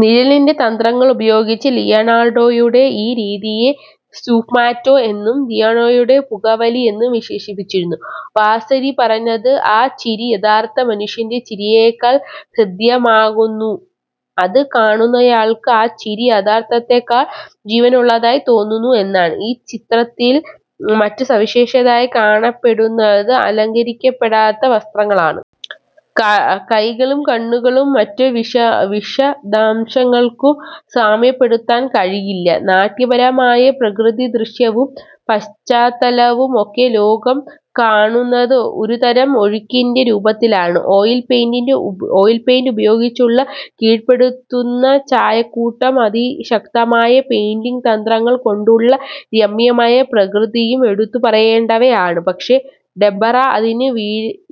നിഴലിൻ്റെ മേലിന്റെ തന്ത്രങ്ങൾ ഉപയോഗിച്ച ലിയനാർഡോയുടെ ഈ രീതിയെ സ്ഫുമാറ്റോ എന്നും ലിയനാർഡോയുടെ പുകവലി എന്നും വിശേഷിപ്പിച്ചു. വാസരി പറഞ്ഞത്, ആ ചിരി യഥാർത്ഥ മനുഷ്യൻ്റെ ചിരിയേക്കാൾ ഹൃദ്യമാകുന്നു. അത് കാണുന്നയാൾക്ക് ആ ചിരി യഥാർത്ഥത്തേക്കാൾ ജീവനുള്ളതായി തോന്നും എന്നാണ്.ഈ ചിത്രത്തിൽ മറ്റ് സവിശേഷതയായി കണക്കാക്കപ്പെടുന്നത് അലങ്കരിക്കപ്പെടാത്ത വസ്ത്രങ്ങളാണ്. കൈകൾക്കും കണ്ണുകൾക്കും മറ്റ് വിശദാംശങ്ങൾക്കും സാമ്യപ്പെടുത്താൻ കഴിയില്ല. നാട്യപരമായ പ്രകൃതിദൃശ്യവും പശ്ചാത്തലവും ഒക്കെ ലോകം കാണുന്നത് ഒരുതരം ഒഴുക്കിൻ്റെ രൂപത്തിലാണ്. ഓയിൽ പെയിന്റ് ഉപയോഗിച്ചുള്ള കീഴ്പ്പെടുത്തുന്ന ചായക്കൂട്ടും അതിശക്തമായ പെയിന്റിങ് തന്ത്രങ്ങൾ കൊണ്ടുള്ള രമ്യമായ പ്രകൃതിയും എടുത്തുപറയേണ്ടുന്നവയാണ്. പക്ഷെ ടെമ്പറ അതിൽ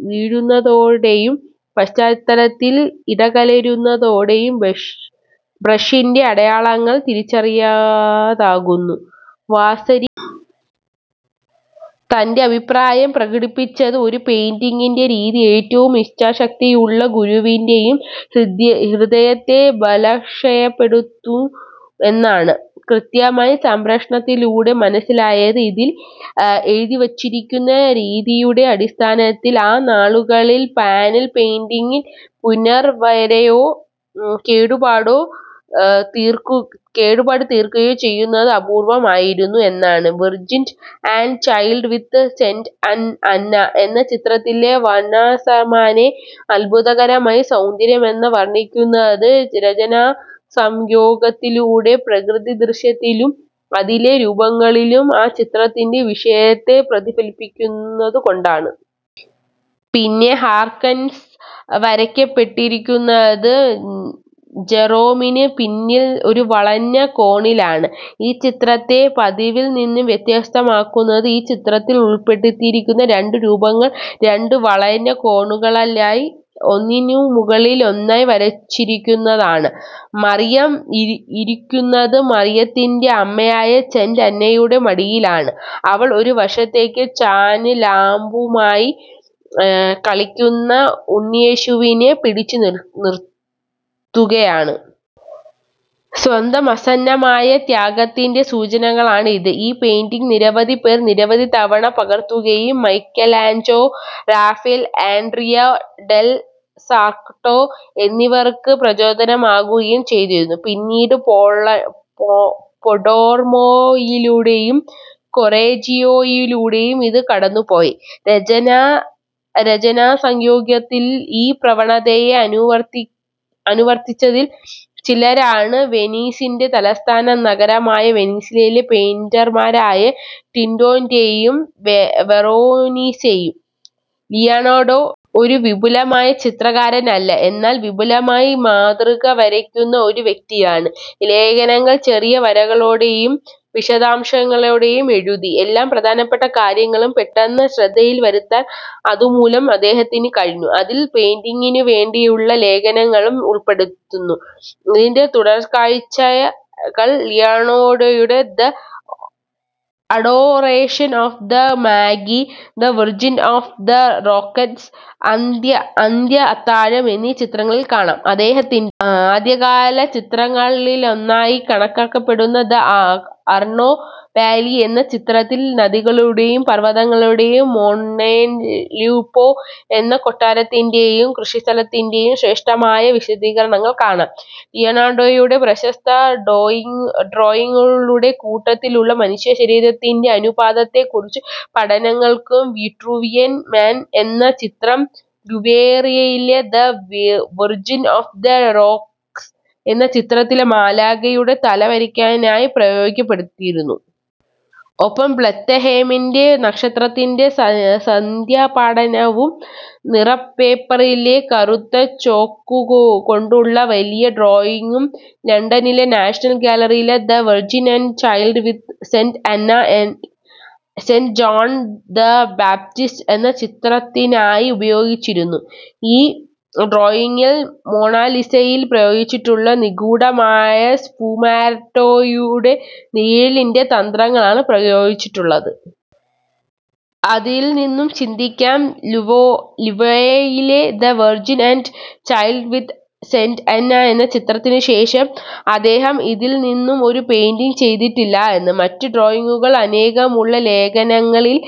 വീഴുന്നതോടെയും പശ്ചാത്തലത്തിൽ ഇടകലരുന്നതോടെയും ബ്രഷിൻ്റെ അടയാളങ്ങൾ തിരിച്ചറിയാതാകുന്നു. വാസരി തൻ്റെ അഭിപ്രായം പ്രകടിപ്പിച്ചത് ഒരു പെയിന്റിങ്ങിൻ്റെ രീതി ഏറ്റവും ഇച്ഛാശക്തിയുള്ള ഗുരുവിൻ്റെ യും ഹൃദയത്തെ ബലക്ഷയപ്പെടുത്തും എന്നാണ്. കൃത്യമായ സംരക്ഷണത്തിലൂടെ മനസ്സിലായത്, ഇതിൽ എഴുതിവച്ചിരിക്കുന്ന തീയതിയുടെ അടിസ്ഥാനത്തിൽ ആ നാളുകളിൽ പാനൽ പെയിന്റിങ്ങിൽ പുനർവരയോ കേടുപാട് തീർക്കുകയോ ചെയ്യുന്നത് അപൂർവ്വമായിരുന്നു എന്നാണ്. Virgin and Child with Saint Anna എന്ന ചിത്രത്തിലെ വാസ്സെർമാനെ അത്ഭുതകരമായ സൗന്ദര്യമെന്ന് വർണ്ണിക്കുന്നത് രചനാസംയോഗത്തിലൂടെ പ്രകൃതിദൃശ്യത്തിലും അതിലെ രൂപങ്ങളിലും ആ ചിത്രത്തിൻ്റെ വിഷയത്തെ പ്രതിഫലിപ്പിക്കുന്നതുകൊണ്ടാണ്. പിന്നെ ഹാർക്കൻസ് വരയ്ക്കപ്പെട്ടിരിക്കുന്നത് ജെറോമിന് പിന്നിൽ ഒരു വളഞ്ഞ കോണിലാണ്. ഈ ചിത്രത്തെ പതിവിൽ നിന്നും വ്യത്യസ്തമാക്കുന്നതും ഈ ചിത്രത്തിൽ ഉൾപ്പെട്ടിരിക്കുന്ന രണ്ട് രൂപങ്ങൾ രണ്ട് വളഞ്ഞ കോണുകളായി ഒന്നിനുമുകളിൽ ഒന്നായി വരച്ചിരിക്കുന്നതാണ്. മറിയം ഇരിക്കുന്നത് മറിയത്തിൻ്റെ അമ്മയായ സെന്റ് അന്നയുടെ മടിയിലാണ്. അവൾ ഒരു വശത്തേക്ക് ചാഞ്ഞ് ലാമ്പുമായി കളിക്കുന്ന ഉണ്ണിയേശുവിനെ പിടിച്ചുനിർത്തുകയാണ്. സ്വന്തം ആസന്നമായ ത്യാഗത്തിൻ്റെ സൂചനകളാണിത്.ഈ പെയിന്റിങ് നിരവധി പേർ നിരവധി തവണ പകർത്തുകയും Michelangelo, Raphael, Andrea del Sarto എന്നിവർക്ക് പ്രചോദനമാകുകയും ചെയ്തിട്ടുണ്ട്. പിന്നീട് പോണ്ടോർമോയിലൂടെയും കൊറെജിയോയിലൂടെയും ഇത് കടന്നുപോയി. രചനാസംയോഗത്തിലെ ഈ പ്രവണതയെ അനുവർത്തിച്ചതിൽ ചിലരാണ് വെനീസിൻ്റെ തലസ്ഥാന നഗരിയായ വെനീസിലെ പെയിന്റർമാരായ ടിന്റൊറെറ്റൊയും വെറോനീസെയും. ലിയനാർഡോ ഒരു വിപുലമായ ചിത്രകാരനല്ല, എന്നാൽ വിപുലമായി മാതൃക വരയ്ക്കുന്ന ഒരു വ്യക്തിയാണ്. ലേഖനങ്ങൾ ചെറിയ വരകളോടെയും വിശദാംശങ്ങളോടെയും എഴുതി. എല്ലാ പ്രധാനപ്പെട്ട കാര്യങ്ങളും പെട്ടെന്ന് ശ്രദ്ധയിൽ വരുത്താൻ അതുമൂലം അദ്ദേഹത്തിന് കഴിഞ്ഞു. അതിൽ പെയിന്റിങ്ങിനുവേണ്ടിയുള്ള ലേഖനങ്ങളും ഉൾപ്പെടുന്നു. ഇതിൻ്റെ തുടക്കക്കാഴ്ചകൾ ലിയനാർഡോയുടെ the Adoration of the Magi, the Virgin of the Rocks, അന്ത്യ അത്താഴം എന്നീ ചിത്രങ്ങളിൽ കാണാം. അദ്ദേഹത്തിൻ്റെ ആദ്യകാല ചിത്രങ്ങളിലൊന്നായി കണക്കാക്കപ്പെടുന്ന ദി ആർണോ വാലി എന്ന ചിത്രത്തിൽ നദികളുടെയും പർവതങ്ങളുടെയും മൊണ്ടേലുപ്പോ എന്ന കൊട്ടാരത്തിൻ്റെ യും കൃഷിസ്ഥലത്തിൻ്റെ യും ശ്രേഷ്ഠമായ വിശദീകരണങ്ങൾ കാണാം. ലിയനാർഡോയുടെ പ്രശസ്ത ഡ്രോയിങ്ങുകളുടെ കൂട്ടത്തിലുള്ള മനുഷ്യശരീരത്തിൻ്റെ അനുപാതത്തെ കുറിച്ച് പഠിക്കുന്ന വിട്രൂവിയൻ മാൻ എന്ന ചിത്രം ലൂവ്രേയിലെ the Virgin of the Rocks എന്ന ചിത്രത്തിലെ മാലാഖയുടെ തല വരയ്ക്കാനായി പ്രയോഗപ്പെടുത്തിയിട്ടുണ്ട്. ഒപ്പം ബെത്ലഹേമിൻ്റെ നക്ഷത്രത്തിൻ്റെ സസ്യപഠനവും നിറപ്പേപ്പറിലെ കറുത്ത ചോക്കുകൊണ്ടുള്ള വലിയ ഡ്രോയിങ്ങും ലണ്ടനിലെ നാഷണൽ ഗാലറിയിലെ the Virgin and Child with Saint Anna and Saint John the Baptist എന്ന ചിത്രത്തിനായി ഉപയോഗിച്ചിരിക്കുന്നു.ഈ ഡ്രോയിങ്ങിൽ മൊണാലിസയിൽ പ്രയോഗിച്ചിട്ടുള്ള നിഗൂഢമായ സ്ഫുമാറ്റോയുടെ നിഴലിൻ്റെ തന്ത്രമാണ് പ്രയോഗിച്ചിട്ടുള്ളത്. അതിൽനിന്നും ചിന്തിക്കാം, ലൂവ്രേയിലെ the Virgin and Child with Saint Anna എന്ന ചിത്രത്തിനുശേഷം അദ്ദേഹം ഇതിൽനിന്ന് ഒരു പെയിന്റിങ് ചെയ്തിട്ടില്ലെന്ന്. മറ്റ് ഡ്രോയിങ്ങുകൾ അനേകമുള്ള ലേഖനങ്ങളിൽ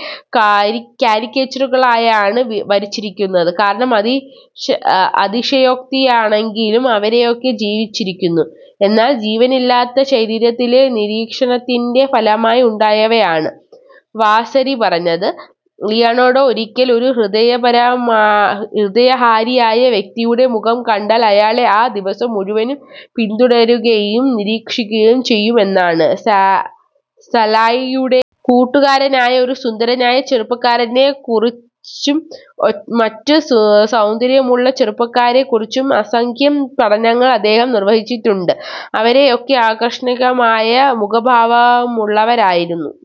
കാരിക്കേച്ചറുകളായാണ് വരച്ചിരിക്കുന്നത്. കാരണം അതിശയോക്തിയാണെങ്കിലും അവയൊക്കെ ജീവിച്ചിരുന്ന, എന്നാൽ ജീവനില്ലാത്ത ശരീരങ്ങളിലെ നിരീക്ഷണത്തിൻ്റെ ഫലമായി ഉണ്ടായവയാണ്. വാസരി പറഞ്ഞത്, ലിയനാർഡോ ഒരിക്കൽ ഒരു ഹൃദയഹാരിയായ വ്യക്തിയുടെ മുഖം കണ്ടാൽ അയാളെ ആ ദിവസം മുഴുവനും പിന്തുടരുകയും നിരീക്ഷിക്കുകയും ചെയ്യും എന്നാണ്. സ സാലൈയുടെ കൂട്ടുകാരനായ ഒരു സുന്ദരനായ ചെറുപ്പക്കാരനെ കുറിച്ചും മറ്റ് സൗന്ദര്യമുള്ള ചെറുപ്പക്കാരെ കുറിച്ചും അസംഖ്യം പഠനങ്ങൾ അദ്ദേഹം നിർവഹിച്ചിട്ടുണ്ട്. അവരൊക്കെയും ആകർഷണീയമായ മുഖഭാവമുള്ളവരായിരുന്നു.